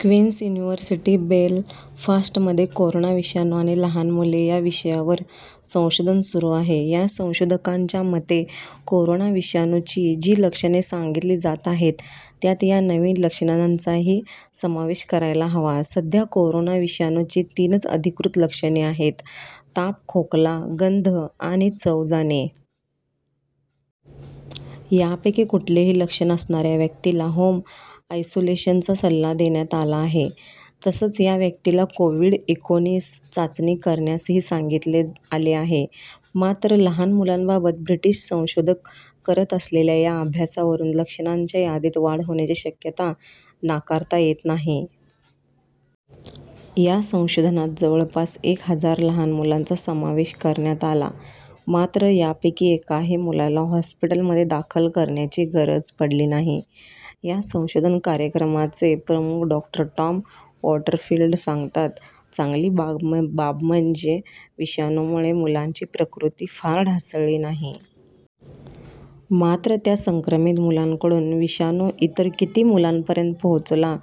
Quince university बेलफास्टमध्ये corona विषाणू आणि लहान मुले या विषयावर संशोधन सुरू आहे. या संशोधकांच्या मते कोरोना विषाणूची जी लक्षणे सांगितली जात आहेत त्यात या नवीन लक्षणांचाही समावेश करायला हवा. सध्या कोरोना विषाणूची तीनच अधिकृत लक्षणे आहेत - ताप, खोकला, गंध आणि चव जाणे. यापैकी कुठलेही लक्षण असणाऱ्या व्यक्तीला होम आयसोलेशनचा सल्ला देण्यात आला आहे. तसंच त्या व्यक्तीला कोव्हिड-एकोणीस चाचणी करण्यासही सांगण्यात आले आहे. मात्र, लहान मुलांबाबत ब्रिटिश संशोधक करत असलेल्या या अभ्यासावरून लक्षणांच्या यादीत वाढ होण्याची शक्यता नाकारता येत नाही. या संशोधनात जवळपास एक हजार लहान मुलांचा समावेश करण्यात आला. मात्र, यापैकी एकाही मुलाला हॉस्पिटलमध्ये दाखल करण्याची गरज पडली नाही. या संशोधन कार्यक्रमाचे प्रमुख डॉ. टॉम वॉटरफिल्ड सांगतात, "चांगली बाब म्हणजे विषाणूमुळे मुलांची प्रकृती फार ढासळली नाही. मात्र, त्या संक्रमित मुलांकडून विषाणू इतर किती मुलांपर्यंत पोहोचला,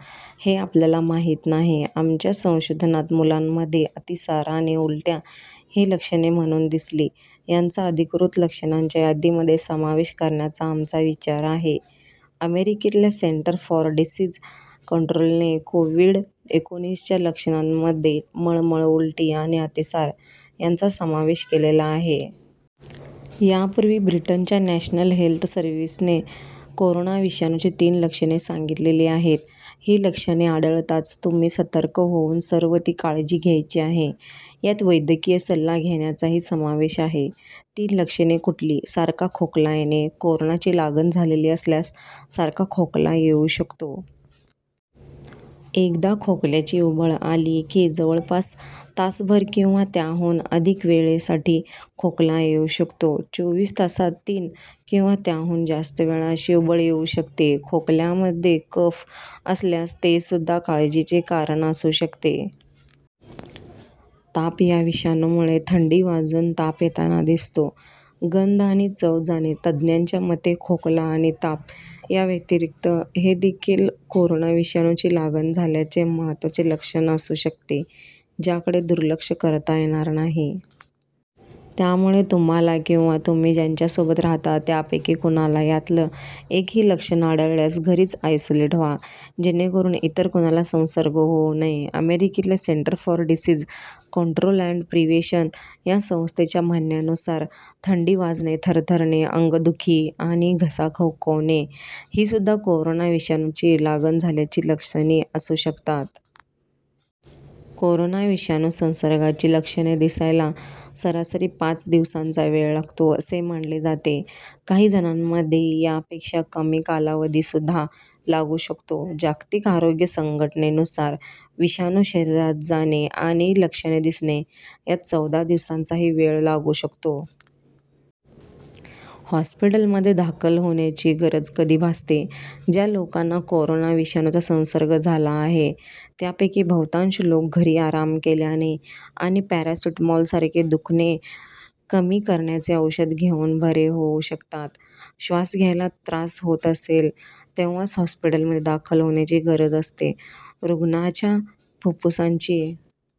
हे आपल्याला माहिती नाही. आमच्या संशोधनात मुलांमध्ये अतिसार आणि उलट्या ही लक्षणे म्हणून दिसली. यांचा अधिकृत लक्षणांच्या यादीमध्ये समावेश करण्याचा आमचा विचार आहे." अमेरिकेतल्या सेंटर फॉर डिसीज कंट्रोलने कोव्हिड-एकोणीसच्या लक्षणांमध्ये मळमळ, उलटी आणि अतिसार यांचा समावेश केलेला आहे. यापूर्वी ब्रिटनच्या नॅशनल हेल्थ सर्विसने कोरोना विषाणूची तीन लक्षणे सांगितलेली आहेत. ही लक्षणे आढळताच तुम्ही सतर्क होऊन सर्व ती काळजी घ्यायची आहे. यात वैद्यकीय सल्ला घेण्याचाही समावेश आहे. तीन लक्षणे कुठली? सारखा खोकला येणे - कोरोनाची लागण झालेली असल्यास सारखा खोकला येऊ शकतो. एकदा खोकल्याची उबळ आली की, जवळपास तासभर किंवा त्याहून अधिक वेळेसाठी खोकला येऊ शकतो. चोवीस तासांत तीन किंवा त्याहून जास्त वेळा अशी उबळ येऊ शकते. खोकल्यामध्ये कफ असल्यास तेसुद्धा काळजीचे कारण असू शकते. ताप - या विषाणूमुळे थंडी वाजून ताप येताना दिसतो. गंध आणि चव जाणे - तज्ज्ञांच्या मते खोकला आणि ताप याव्यतिरिक्त हेदेखील कोरोना विषाणूची लागण झाल्याचे महत्त्वाचे लक्षण असू शकते, ज्याकडे दुर्लक्ष करता येणार नाही. त्यामुळे तुम्हाला किंवा तुम्ही ज्यांच्यासोबत राहता त्यापैकी कुणाला यातलं एकही लक्षण आढळल्यास घरीच आयसोलेट व्हा, जेणेकरून इतर कुणाला संसर्ग होऊ नये. अमेरिकेतल्या centre for disease control and prevention या संस्थेच्या म्हणण्यानुसार थंडी वाजणे, थरथरणे, अंगदुखी आणि घसा खवखवणे हीसुद्धा कोरोना विषाणूची लागण झाल्याची लक्षणे असू शकतात. कोरोना विषाणू संसर्गाची लक्षणे दिसायला सरासरी पाच दिवसांचा वेळ लागतो, असे मानले जाते. काही जणांमध्ये यापेक्षा कमी कालावधीसुद्धा लागू शकतो. जागतिक आरोग्य संघटनेनुसार विषाणू शरीरात जाणे आणि लक्षणे दिसणे, यात चौदा दिवसांचाही वेळ लागू शकतो. हॉस्पिटलमध्ये दाखल होण्याची गरज कधी भासते? ज्या लोकांना कोरोना विषाणूचा संसर्ग झाला आहे त्यापैकी बहुतांश लोक घरी आराम केल्याने आणि पॅरासिटॅमॉलसारखे दुखणे कमी करण्याचे औषध घेऊन बरे होऊ शकतात. श्वास घ्यायला त्रास होत असेल तेव्हाच हॉस्पिटलमध्ये दाखल होण्याची गरज असते. रुग्णाच्या फुफ्फुसांची